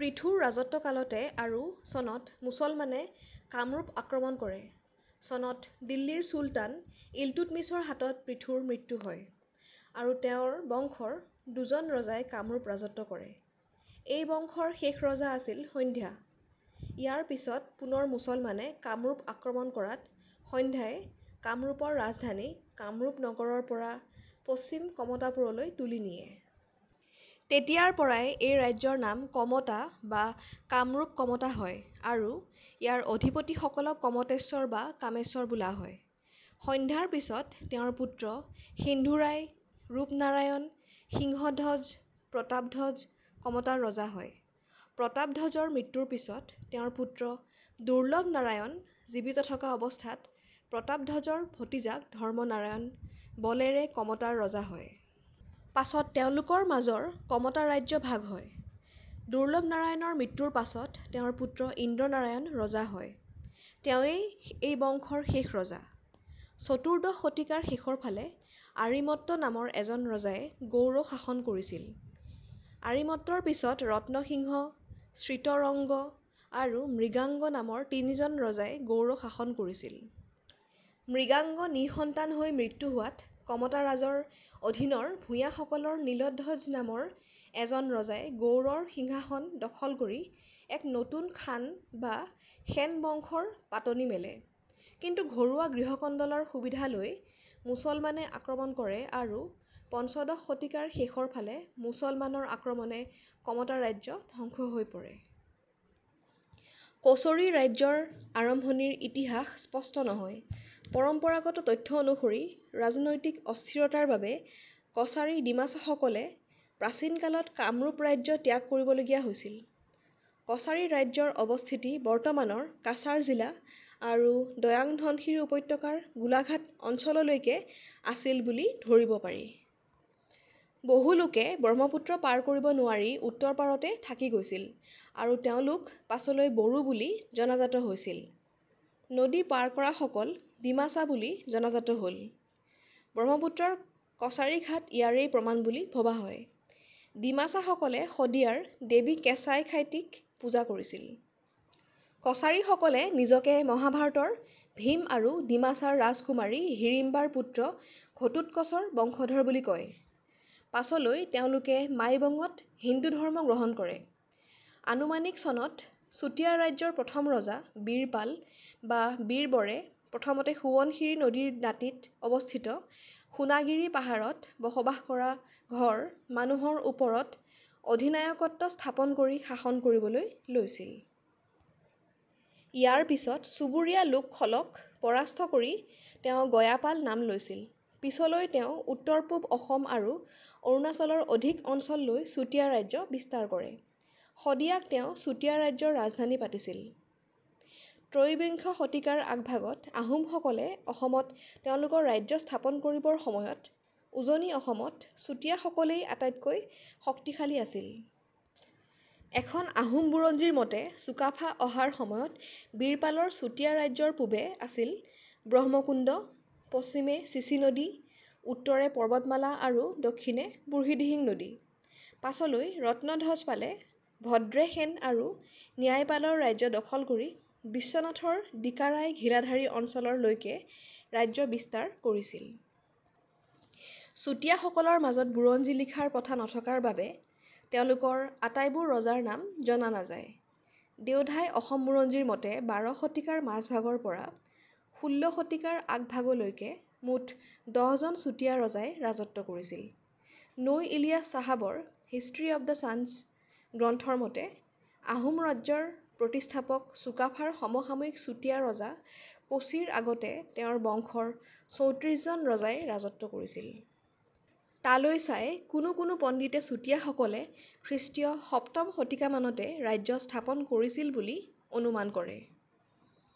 পৃথুৰ ৰাজত্ব কালতে আৰু চনত মুছলমানে কামৰূপ আক্ৰমণ কৰে। চনত দিল্লীৰ চুলতান ইলতুতমিছৰ হাতত পৃথুৰ মৃত্যু হয় আৰু তেওঁৰ বংশৰ দুজন ৰজাই কামৰূপ ৰাজত্ব কৰে। এই বংশৰ শেষ ৰজা আছিল সন্ধ্যা। ইয়াৰ পিছত পুনৰ মুছলমানে কামৰূপ আক্ৰমণ কৰাত সন্ধ্যাই কামৰূপৰ ৰাজধানী 'কামৰূপ নগৰ'ৰৰ পৰা পশ্চিম কমতাপুৰলৈ তুলি নিয়ে। তেতিয়াৰ পৰাই এই ৰাজ্যৰ নাম কমতা বা কামৰূপ-কমতা হয় আৰু ইয়াৰ অধিপতিসকলক কমতেশ্বৰ বা কামেশ্বৰ বোলা হয়। সন্ধ্যাৰ পিছত তেওঁৰ পুত্ৰ সিন্ধুৰায়, ৰূপনাৰায়ণ, সিংহধ্বজ, প্ৰতাপধ্বজ কমতাৰ ৰজা হয়। প্ৰতাপধ্বজৰ মৃত্যুৰ পিছত তেওঁৰ পুত্ৰ দুৰ্লভনাৰায়ণ জীৱিত থকা অৱস্থাত প্ৰতাপধ্বজৰ ভতিজাক ধৰ্মনাৰায়ণ বলেৰে কমতাৰ ৰজা হয়। পাছত তেওঁলোকৰ মাজৰ কমতা ৰাজ্য ভাগ হয়। দুৰ্লভনাৰায়ণৰ মৃত্যুৰ পাছত তেওঁৰ পুত্ৰ ইন্দ্ৰনাৰায়ণ ৰজা হয়। তেওঁৱেই এই বংশৰ শেষ ৰজা। চতুৰ্দশ শতিকাৰ শেষৰফালে আৰিমত্ত নামৰ এজন ৰজাই গৌড় শাসন কৰিছিল। আৰিমত্তৰ পিছত ৰত্নসিংহ, শৃতৰংগ আৰু মৃগাংগ নামৰ তিনিজন ৰজাই গৌড় শাসন কৰিছিল। মৃগাংগ নিঃসন্তান হৈ মৃত্যু হোৱাত কমতাৰাজৰ অধীনৰ ভূঞাসকলৰ নীলধ্বজ নামৰ এজন ৰজাই গৌড়ৰ সিংহাসন দখল কৰি এক নতুন খান বা সেন বংশৰ পাতনি মেলে। কিন্তু ঘৰুৱা গৃহ কন্দলৰ সুবিধা লৈ মুছলমানে আক্ৰমণ কৰে আৰু পঞ্চদশ শতিকাৰ শেষৰ ফালে মুছলমানৰ আক্ৰমণে কমতা ৰাজ্য ধ্বংস হৈ পৰে। কছৰী ৰাজ্যৰ আৰম্ভণিৰ ইতিহাস স্পষ্ট নহয়। পৰম্পৰাগত তথ্য অনুসৰি ৰাজনৈতিক অস্থিৰতাৰ বাবে কছাৰী ডিমাচাসকলে প্ৰাচীন কালত কামৰূপ ৰাজ্য ত্যাগ কৰিবলগীয়া হৈছিল। কছাৰী ৰাজ্যৰ অৱস্থিতি বৰ্তমানৰ কাছাৰ জিলা আৰু দৈয়াং-ধনশিৰি উপত্যকাৰ গোলাঘাট অঞ্চললৈকে আছিল বুলি ধৰিব পাৰি। বহু লোকে ব্ৰহ্মপুত্ৰ পাৰ কৰিব নোৱাৰি উত্তৰ পাৰতে থাকি গৈছিল আৰু তেওঁলোক পাছলৈ বড়ো বুলি জনাজাত হৈছিল। নদী পাৰ কৰাসকল ডিমাচা বুলি জনাজাত হ'ল। ব্ৰহ্মপুত্ৰৰ কছাৰী ঘাট ইয়াৰেই প্ৰমাণ বুলি ভবা হয়। ডিমাচাসকলে শদিয়া ৰ দেৱী কেঁচাই খাইটি ক পূজা কৰিছিল। কছাৰীসকলে নিজকে মহাভাৰত ৰ ভীম আৰু ডিমাচাৰ ৰাজকুমাৰী হিড়িম্বা ৰ পুত্ৰ ঘটোৎকচ ৰ বংশধৰ বুলি কয়। পাছলৈ তেওঁলোকে মাইবঙত হিন্দু ধৰ্ম গ্ৰহণ কৰে। আনুমানিক চনত চুতীয়া ৰাজ্যৰ প্ৰথম ৰজা বীৰপাল বা বীৰবৰে প্ৰথমতে সোৱণশিৰি নদীৰ দাঁতিত অৱস্থিত সোণাগিৰি পাহাৰত বসবাস কৰা ঘৰ মানুহৰ ওপৰত অধিনায়কত্ব স্থাপন কৰি শাসন কৰিবলৈ লৈছিল। ইয়াৰ পিছত চুবুৰীয়া লোকসলক পৰাস্ত কৰি তেওঁ 'গয়াপাল' নাম লৈছিল। পিছলৈ তেওঁ উত্তৰ-পূব অসম আৰু অৰুণাচলৰ অধিক অঞ্চল লৈ চুতীয়া ৰাজ্য বিস্তাৰ কৰে। শদিয়াক তেওঁ চুতীয়া ৰাজ্যৰ ৰাজধানী পাতিছিল। ত্ৰয়োবিংশ শতিকাৰ আগভাগত আহোম সকলে অসমত তেওঁলোকৰ ৰাজ্য স্থাপন কৰিবৰ সময়ত উজনি অসমত চুতীয়াসকলেই আটাইতকৈ শক্তিশালী আছিল। এখন আহোম বুৰঞ্জীৰ মতে চুকাফা অহাৰ সময়ত বীৰপালৰ চুতীয়া ৰাজ্যৰ পূবে আছিল ব্ৰহ্মকুণ্ড, পশ্চিমে চিচি নদী, উত্তৰে পৰ্বতমালা আৰু দক্ষিণে বুঢ়ীদিহিং নদী। পাছলৈ ৰত্নধ্বজপালে ভদ্ৰেশেন আৰু ন্যায়পালৰ ৰাজ্য দখল কৰি বিশ্বনাথৰ দিকাৰাই-ঘিলাধাৰী অঞ্চলৰ লৈকে ৰাজ্য বিস্তাৰ কৰিছিল। চুতীয়া সকলৰ মাজত বুৰঞ্জী লিখাৰ প্ৰথা নথকাৰ বাবে তেওঁলোকৰ আটাইবোৰ ৰজাৰ নাম জনা নাযায়। দেওধাই অসম বুৰঞ্জীৰ মতে বাৰ শতিকাৰ মাজভাগৰ পৰা ষোল্ল শতিকাৰ আগভাগলৈকে মুঠ দহজন চুতীয়া ৰজাই ৰাজত্ব কৰিছিল। নোই ইলিয়াছ চাহাবৰ "হিষ্ট্ৰী অৱ দা শ্বান্ছ" গ্ৰন্থৰ মতে আহোম ৰাজ্যৰ প্ৰতিষ্ঠাপক চুকাফা ৰ সমসাময়িক চুতীয়া ৰজা কোছীৰ আগতে তেওঁৰ বংশৰ চৌত্ৰিশজন ৰজাই ৰাজত্ব কৰিছিল। তালৈ চাই কোনো কোনো পণ্ডিতে চুতীয়াসকলে খ্ৰীষ্টীয় সপ্তম শতিকামানতে ৰাজ্য স্থাপন কৰিছিল বুলি অনুমান কৰে।।